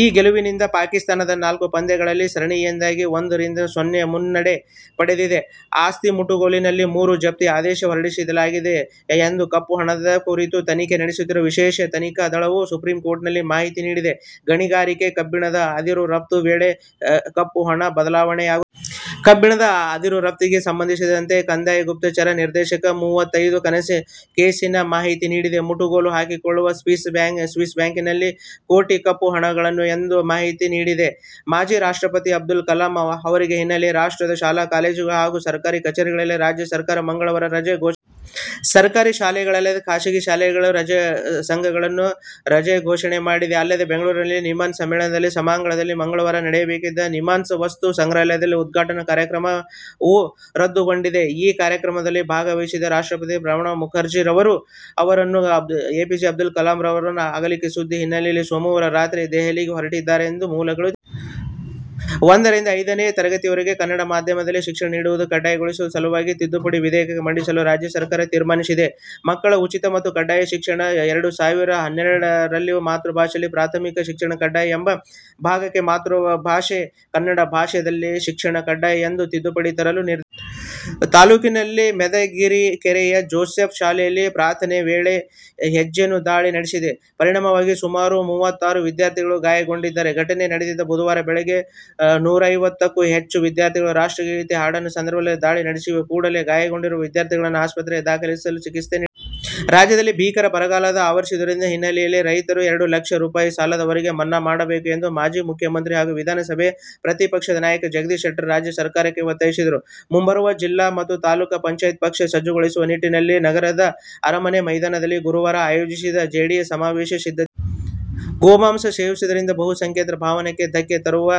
ಈ ಗೆಲುವಿನಿಂದ ಪಾಕಿಸ್ಥಾನ ನಾಲ್ಕು ಪಂದ್ಯಗಳ ಸರಣಿಯಲ್ಲಿ ಒಂದ ರಿಂದ ಸೊನ್ನೆ ಮುನ್ನಡೆ ಪಡೆದಿದೆ. ಆಸ್ತಿ ಮುಟ್ಟುಗೋಲಿಗೆ ಮೂರು ಜಪ್ತಿ ಆದೇಶ ಹೊರಡಿಸಲಾಗಿದೆ ಎಂದು ಕಪ್ಪುಹಣದ ಕುರಿತು ತನಿಖೆ ನಡೆಸುತ್ತಿರುವ ವಿಶೇಷ ತನಿಖಾ ದಳವು, ಸುಪ್ರೀಂಕೋರ್ಟ್ಗೆ ಮಾಹಿತಿ ನೀಡಿದೆ. ಗಣಿಗಾರಿಕೆ, ಕಬ್ಬಿಣದ ಅದಿರು ರಫ್ತು ವೇಳೆ ಕಪ್ಪುಹಣ ಚಲಾವಣೆಯಾಗುತ್ತದೆ. ಕಬ್ಬಿಣದ ಅದಿರು ರಫ್ತಿಗೆ ಸಂಬಂಧಿಸಿದಂತೆ ಕಂದಾಯ ಗುಪ್ತಚರ ನಿರ್ದೇಶನಾಲಯ ಮೂವತ್ತೊಂದು ಕೇಸಿನ ಮಾಹಿತಿ ನೀಡಿದೆ. ಮುಟ್ಟುಗೋಲು ಹಾಕಿಕೊಳ್ಳಲಾಗಿದೆ. ಸ್ವಿಸ್ ಬ್ಯಾಂಕಲ್ಲಿ ಕೋಟಿ ಕಪ್ಪು ಹಣ ಇದೆ ಎಂದು ಎಂದು ಮಾಹಿತಿ ನೀಡಿದೆ. ಮಾಜಿ ರಾಷ್ಟ್ರಪತಿ ಅಬ್ದುಲ್ ಕಲಾಂ ಅಗಲಿಕೆ ಹಿನ್ನೆಲೆಯಲ್ಲಿ ರಾಜ್ಯದ ಶಾಲಾ-ಕಾಲೇಜು ಹಾಗೂ ಸರ್ಕಾರಿ ಕಚೇರಿಗಳಿಗೆ ರಾಜ್ಯ ಸರ್ಕಾರ ಮಂಗಳವಾರ ರಜೆ ಘೋಷಣೆ ಮಾಡಿದೆ. ಸರ್ಕಾರಿ ಶಾಲೆಗಳಲ್ಲದೇ ಖಾಸಗಿ ಶಾಲೆಗಳ ಸಂಘಗಳೂ ರಜೆ ಘೋಷಣೆ ಮಾಡಿವೆ. ಅಲ್ಲದೇ ಬೆಂಗಳೂರಿನ ನಿಮ್ಹಾನ್ಸ್ ಸಮ್ಮೇಳನ ಸಭಾಂಗಣದಲ್ಲಿ ಮಂಗಳವಾರ ನಡೆಯಬೇಕಿದ್ದ ನಿಮ್ಹಾನ್ಸ್ ವಸ್ತು ಸಂಗ್ರಹಾಲಯ ಉದ್ಘಾಟನಾ ಕಾರ್ಯಕ್ರಮವು ರದ್ದುಗೊಂಡಿದೆ. ಈ ಕಾರ್ಯಕ್ರಮದಲ್ಲಿ ಭಾಗವಹಿಸಬೇಕಾಗಿದ್ದ ರಾಷ್ಟ್ರಪತಿ ಪ್ರಣಬ್ ಮುಖರ್ಜಿ ಅವರು ಅಬ್ದುಲ್ ಕಲಾಂ ಅವರ ಅಗಲಿಕೆ ಸುದ್ದಿ ಹಿನ್ನೆಲೆಯಲ್ಲಿ ಸೋಮವಾರ ರಾತ್ರಿಯೇ ದೆಹಲಿಗೆ ಹೊರಟಿದ್ದಾಗಿ ಮೂಲಗಳು ತಿಳಿಸಿವೆ. ಒಂದ ರಿಂದ ಐದನೇ ತರಗತಿವರೆಗೆ ಕನ್ನಡ ಮಾಧ್ಯಮದಲ್ಲಿ ಶಿಕ್ಷಣ ನೀಡುವುದನ್ನು ಕಡ್ಡಾಯಗೊಳಿಸುವ ಸಲುವಾಗಿ ತಿದ್ದುಪಡಿ ವಿಧೇಯಕ ಮಂಡಿಸಲು ರಾಜ್ಯ ಸರ್ಕಾರ ತೀರ್ಮಾನಿಸಿದೆ. ಮಕ್ಕಳ ಉಚಿತ ಮತ್ತು ಕಡ್ಡಾಯ ಶಿಕ್ಷಣ ಕಾಯ್ದೆ- ಎರಡು ಸಾವಿರದ ಹನ್ನೆರಡರಲ್ಲಿರುವ ಮಾತೃಭಾಷೆಯಲ್ಲಿ ಪ್ರಾಥಮಿಕ ಶಿಕ್ಷಣ ಕಡ್ಡಾಯ ಎಂಬ ಭಾಗಕ್ಕೆ ಮಾತೃಭಾಷೆ ಕನ್ನಡ ಮಾಧ್ಯಮದಲ್ಲಿ ಶಿಕ್ಷಣ ಕಡ್ಡಾಯ ಎಂದು ತಿದ್ದುಪಡಿ ತರಲು ನಿರ್ಧರಿಸಿದೆ. ತಾಲೂಕಿನ ಮೆದಗಿನಕೆರೆಯ ಜೋಸೆಫ್ ಶಾಲೆಯಲ್ಲಿ ಪ್ರಾರ್ಥನೆ ಮಾಡುವ ವೇಳೆ ಹೆಜ್ಜೆನು ದಾಳಿ ನಡೆಸಿದ ಪರಿಣಾಮ ಸುಮಾರು ಮೂವತ್ತಾರು ವಿದ್ಯಾರ್ಥಿಗಳು ಗಾಯಗೊಂಡಿರುವ ಘಟನೆ ನಡೆದಿದೆ. ಬುಧವಾರ ಬೆಳಗ್ಗೆ ನೂರೈವತ್ತುಕ್ಕೂ ಹೆಚ್ಚು ವಿದ್ಯಾರ್ಥಿಗಳು ರಾಷ್ಟ್ರಗೀತೆ ಹಾಡುವ ಸಂದರ್ಭದಲ್ಲಿ ದಾಳಿ ನಡೆಸಿವೆ. ಕೂಡಲೇ ಗಾಯಗೊಂಡ ವಿದ್ಯಾರ್ಥಿಗಳನ್ನು ಆಸ್ಪತ್ರೆಗೆ ದಾಖಲಿಸಿ ಚಿಕಿತ್ಸೆ ನೀಡಲಾಯಿತು. ರಾಜ್ಯದಲ್ಲಿ ಭೀಕರ ಬರಗಾಲ ಆವರಿಸಿರುವ ಹಿನ್ನೆಲೆಯಲ್ಲಿ ರೈತರ ಎರಡು ಲಕ್ಷ ರೂ. ವರೆಗಿನ ಸಾಲ ಮನ್ನಾ ಮಾಡಬೇಕು ಎಂದು ಮಾಜಿ ಮುಖ್ಯಮಂತ್ರಿ ಹಾಗೂ ವಿಧಾನಸಭೆಯ ಪ್ರತಿಪಕ್ಷ ನಾಯಕ ಜಗದೀಶ್ ಶೆಟ್ಟರ್ ರಾಜ್ಯ ಸರ್ಕಾರವನ್ನು ಒತ್ತಾಯಿಸಿದ್ದಾರೆ. ಮುಂಬರುವ ಜಿಲ್ಲಾ ಹಾಗೂ ತಾಲೂಕು ಪಂಚಾಯತ್ಗೆ ಪಕ್ಷ ಸಜ್ಜುಗೊಳಿಸುವ ನಿಟ್ಟಿನಲ್ಲಿ ನಗರದ ಅರಮನೆ ಮೈದಾನದಲ್ಲಿ ಗುರುವಾರ ಆಯೋಜಿಸಿರುವ ಜೆಡಿಎಸ್ ಸಮಾವೇಶಕ್ಕೆ ಸಿದ್ಧತೆಗಳು ನಡೆದಿವೆ. ಗೋಮಾಂಸ ಸೇವಿಸುವುದಾಗಿ ಬಹುಸಂಖ್ಯಾತರ ಭಾವನೆಗಳಿಗೆ ಧಕ್ಕೆ ತರುವ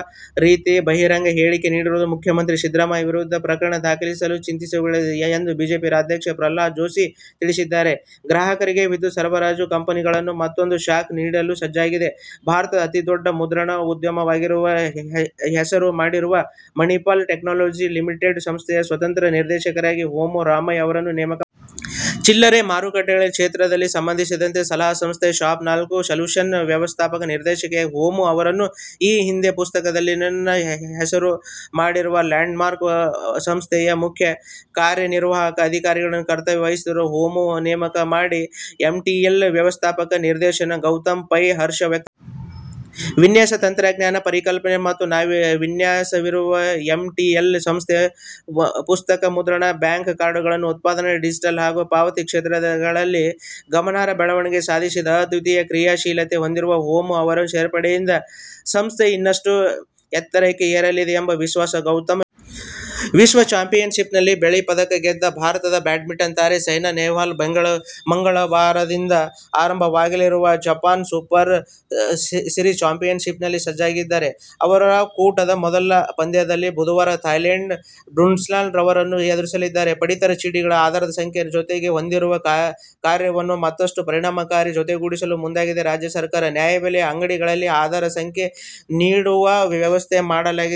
ರೀತಿ ಬಹಿರಂಗ ಹೇಳಿಕೆ ನೀಡಿರುವ ಮುಖ್ಯಮಂತ್ರಿ ಸಿದ್ಧರಾಮಯ್ಯ ವಿರುದ್ಧ ಪ್ರಕರಣ ದಾಖಲಿಸಲು ಚಿಂತಿಸಲಾಗಿದೆ ಎಂದು ಬಿಜೆಪಿ ರಾಜ್ಯಾಧ್ಯಕ್ಷ ಪ್ರಹ್ಲಾದ ಜೋಶಿ ತಿಳಿಸಿದ್ದಾರೆ. ಗ್ರಾಹಕರಿಗೆ ವಿದ್ಯುತ್ ಸರಬರಾಜು ಕಂಪನಿ ಗಳು ಮತ್ತೊಂದು ಶಾಕ್ ನೀಡಲು ಸಜ್ಜಾಗಿವೆ. ಭಾರತದ ಅತಿ ದೊಡ್ಡ ಮುದ್ರಣ ಉದ್ಯಮವಾಗಿ ಹೆಸರು ಮಾಡಿರುವ ಮಣಿಪಾಲ ಟೆಕ್ನಾಲಜೀಸ್ ಲಿಮಿಟೆಡ್ ಸಂಸ್ಥೆಯ ಸ್ವತಂತ್ರ ನಿರ್ದೇಶಕರಾಗಿ ಹೇಮು ರಾಮಯ್ಯ ಅವರನ್ನು ನೇಮಕ ಮಾಡಲಾಗಿದೆ. ಚಿಲ್ಲರೆ ಮಾರುಕಟ್ಟೆ ಕ್ಷೇತ್ರಕ್ಕೆ ಸಂಬಂಧಿಸಿದ ಸಲಹಾ ಸಂಸ್ಥೆ ಶಾಪ್ ನಾಲ್ಕು ಸೆಲ್ಯೂಷನ್ ವ್ಯವಸ್ಥಾಪಕ ನಿರ್ದೇಶಕಿಯಾಗಿದ್ದ ಹೇಮು ಅವರು, ಈ ಹಿಂದೆ ಪುಸ್ತಕೋದ್ಯಮದಲ್ಲಿ ಹೆಸರು ಮಾಡಿರುವ ಲ್ಯಾಂಡ್ ಮಾರ್ಕ್ ಸಂಸ್ಥೆಯ ಮುಖ್ಯ ಕಾರ್ಯನಿರ್ವಹಣಾ ಅಧಿಕಾರಿಯಾಗಿ ಕರ್ತವ್ಯ ನಿರ್ವಹಿಸಿದ್ದರು. ಹೇಮು ನೇಮಕ ಬಗ್ಗೆ ಎಂಟಿಎಲ್ ವ್ಯವಸ್ಥಾಪಕ ನಿರ್ದೇಶಕ ಗೌತಮ್ ಪೈ ಹರ್ಷ ವ್ಯಕ್ತಪಡಿಸಿದ್ದಾರೆ. ವಿನ್ಯಾಸ, ತಂತ್ರಜ್ಞಾನ, ಪರಿಕಲ್ಪನೆ ಮತ್ತು ನಾವೀನ್ಯಗಳಿಂದಾಗಿ ಎಂಟಿಎಲ್ ಸಂಸ್ಥೆ ಪುಸ್ತಕ ಮುದ್ರಣ, ಬ್ಯಾಂಕ್ ಕಾರ್ಡುಗಳ ಉತ್ಪಾದನೆ, ಡಿಜಿಟಲ್ ಹಾಗೂ ಪಾವತಿ ವ್ಯವಸ್ಥೆ ಕ್ಷೇತ್ರಗಳಲ್ಲಿ ಗಮನಾರ್ಹ ಬೆಳವಣಿಗೆ ಸಾಧಿಸಿದೆ. ಅದ್ವಿತೀಯ ಕ್ರಿಯಾಶೀಲತೆ ಹೊಂದಿರುವ ಹೇಮು ಅವರ ಸೇರ್ಪಡೆಯಿಂದ ಸಂಸ್ಥೆ ಇನ್ನಷ್ಟು ಎತ್ತರಕ್ಕೆ ಏರಲಿದೆ' ಎಂಬ ವಿಶ್ವಾಸವನ್ನು ಗೌತಮ್ ವ್ಯಕ್ತಪಡಿಸಿದ್ದಾರೆ. ವಿಶ್ವ ಚಾಂಪಿಯನ್ಶಿಪ್ನಲ್ಲಿ ಬೆಳ್ಳಿ ಪದಕ ಗೆದ್ದ ಭಾರತದ ಬ್ಯಾಡ್ಮಿಂಟನ್ ತಾರೆ ಸೈನಾ ನೆಹ್ವಾಲ್ ಮಂಗಳವಾರದಿಂದ ಆರಂಭವಾಗಲಿರುವ ಜಪಾನ್ ಸೂಪರ್ ಸೀರೀಸ್ ಚಾಂಪಿಯನ್ಶಿಪ್ಗೆ ಸಜ್ಜಾಗಿದ್ದಾರೆ. ಅವರು ಕೂಟದ ಮೊದಲ ಪಂದ್ಯದಲ್ಲಿ ಬುಧವಾರ ಥಾಯ್ಲೆಂಡ್ನ ಬುಸ್ನಾನ್ ಅವರನ್ನು ಎದುರಿಸಲಿದ್ದಾರೆ. ಪಡಿತರ ಚೀಟಿಗಳನ್ನು ಆಧಾರ್ ಸಂಖ್ಯೆ ಜತೆ ಹೊಂದಿಸುವ ಕಾರ್ಯವನ್ನು ಮತ್ತಷ್ಟು ಪರಿಣಾಮಕಾರಿಯಾಗಿ ಜಾರಿಗೊಳಿಸಲು ಮುಂದಾಗಿರುವ ರಾಜ್ಯ ಸರಕಾರ, ನ್ಯಾಯಬೆಲೆ ಅಂಗಡಿಗಳಲ್ಲೇ ಆಧಾರ್ ಸಂಖ್ಯೆ ನೀಡುವ ವ್ಯವಸ್ಥೆ ಮಾಡಲು ನಿರ್ಧರಿಸಿದೆ.